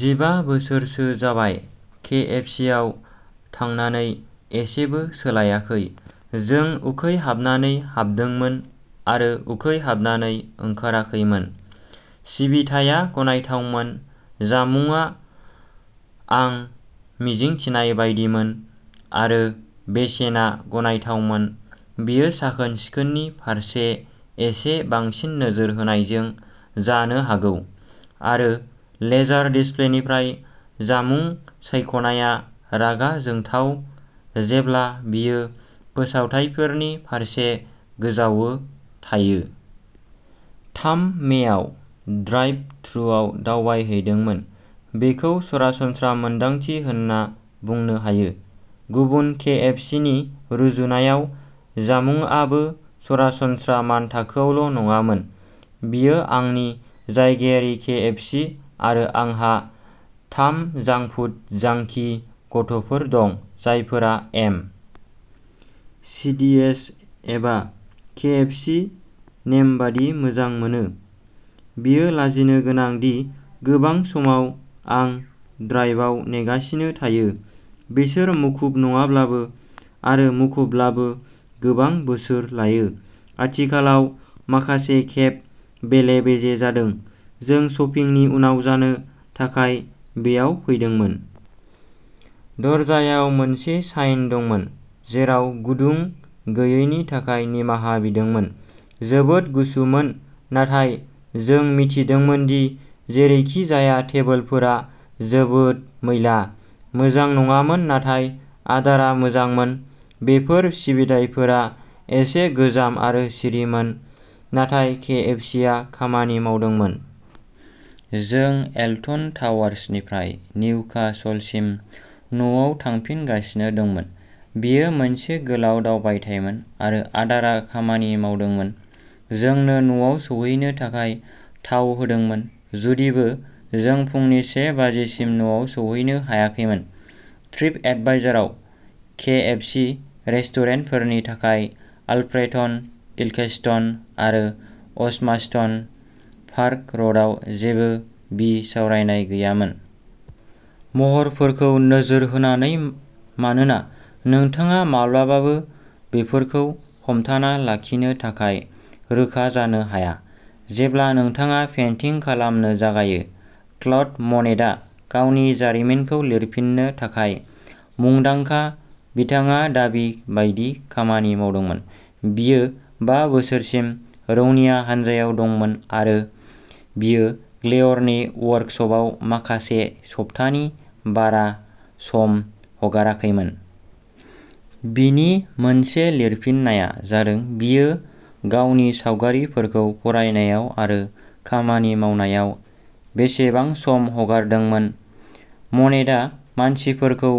"जिबा बोसोरसो जाबाय, के." एफ. सि. आव थांनानै एसेबो सोलायाखै। जों उखैहाबनानै हाबदोंमोन आरो उखैहाबनानै ओंखाराखैमोन।" सिबिथाया गनायथावमोन, जामुंआ आं मिजिंथिनाय बायदिमोन आरो बेसेना गनायथावमोन। "बेयो साखोन-सिखोननि फारसे एसे बांसिन नोजोर होनायजों जानो हागौ, आरो लेजार डिस्प्लेनिफ्राय जामुं सायख'नाया रागा जोंथाव, जेब्ला बेयो फोसावथायफोरनि फारसे गोजावो थायो।" "थाम मेआव ड्राइभ-थ्रुआव दावबायहैदोंमोन। बेखौ सरासनस्रा मोनदांथि होनना बुंनो हायो, गुबुन के. एफ. सि. नि रुजुनायाव जामुंआबो सरासनस्रा मानथाखोआवल'नङामोन।" "बेयो आंनि जायगायारि के. एफ. सि. आरो आंहा थाम जांक फुड जांकि गथ'फोर दं, जायफोरा एम. सि. डि. एस. एबा के. एफ. सि. नेमबादि मोजां मोनो।" बेयो लाजिनोगोनां दि गोबां समाव आं ड्राइभआव नेगासिनो थायो, बिसोर मुखुब नङाब्लाबो आरो मुखुबब्लाबो गोबां बोसोर लायो। आथिखालाव माखासे खेब बेले-बेजे जादों। "" जों शपिंनि उनाव जानो थाखाय बेयाव फैदोंमोन। "दरजायाव मोनसे साइन दंमोन, जेराव गुदुं गैयैनि थाखाय निमाहा बिदोंमोन। जोबोद गुसुमोन, नाथाय जों मिथिदोंमोन दि जेरैखिजाया! टेबोलफोरा जोबोद मैला, मोजां नङामोन नाथाय आदारा मोजांमोन।" "बेफोर सिबिथाइफोरा एसे गोजाम आरो सिरिमोन, नाथाय केएफसिआ खामानि मावदोंमोन।" जों एल्टन टावार्सनिफ्राय निउकासलसिम न'आव थांफिनगासिनो दंमोन, बेयो मोनसे गोलाव दावबायथायमोन आरो आदारा खामानि मावदोंमोन, जोंनो न'आव सौहैनो थाखाय थाव होदोंमोन, जुदिबो जों फुंनि से बाजिसिम न'आव सौहैनो हायाखैमोन! "ट्रिपएडभाइजरआव केएफसि रेस्टुरेन्टफोरनि थाखाय अल्फ्रेटन, इल्केस्टन आरो असमास्टन पार्क र'डआव जेबो बिसावरायनाय गैयामोन। महरफोरखौ नोजोर होनानै, मानोना नोंथाङा माब्लाबाबो बेफोरखौ हमथाना लाखिनो थाखाय रोखा जानो हाया, जेब्ला नोंथाङा पेन्टिं खालामनो जागायो।" क्ल'ड मनेटआ गावनि जारिमिनखौ लिरफिन्नो थाखाय मुंदांखा। बिथाङा दाबि बायदि खामानि मावदोंमोन। बियो बा बोसोरसिम रौनिया हानजायाव दंमोन आरो बियो ग्लेयरनि वर्कसपआव माखासे सप्तानि बारा सम हगाराखैमोन। बिनि मोनसे लिरफिननाया जादों बियो गावनि सावगारिफोरखौ फरायनायाव आरो खामानि मावनायाव बेसेबां सम हगारदोंमोन। मनेटआ मानसिफोरखौ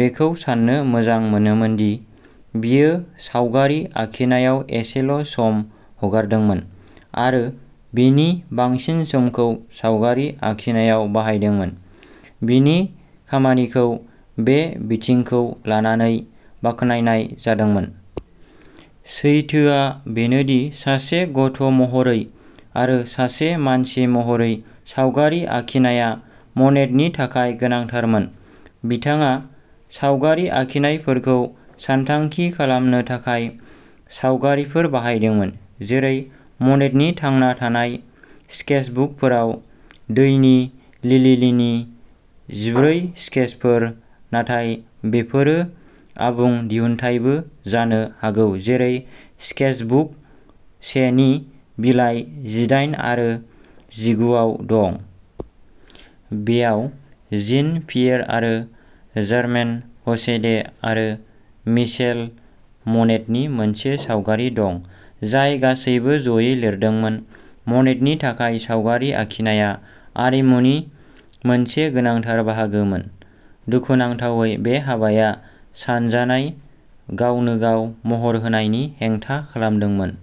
बेखौ सान्नो मोजां मोनोमोन दि बियो सावगारि आखिनायाव एसेल'सम हगारदोंमोन आरो बिनि बांसिन समखौ सावगारि आखिनायाव बाहायदोंमोन, बिनि खामानिखौ बे बिथिंखौ लानानै बाख्नायनाय जादोंमोन। सैथोआ बेनोदि सासे गथ'महरै आरो सासे मानसि महरै सावगारि आखिनाया मनेटनि थाखाय गोनांथारमोन। बिथाङा सावगारि आखिनायफोरखौ सानथांखि खालामनो थाखाय सावगारिफोर बाहायदोंमोन, जेरै मनेटनि थांना थानाय स्केचबुकफोराव दैनि लिलिनि जिब्रै स्केचफोर, नाथाय बेफोरो आबुं दिहुनथायबो जानो हागौ जेरै स्केचबुक से नि बिलाइ जिदाइन आरो जिगु आव दं। बेयाव जीन-पियेर आरो जर्मेन ह'शेडे आरो मिशेल मनेटनि मोनसे सावगारि दं, जाय गासैबो ज'यै लिरदोंमोन। मनेटनि थाखाय, सावगारि आखिनायआ आरिमुनि मोनसे गोनांथार बाहागोमोन; दुखुनांथावै बे हाबाया सानजानाय गावनो-गाव महर होनायनि हेंथा खालामदोंमोन।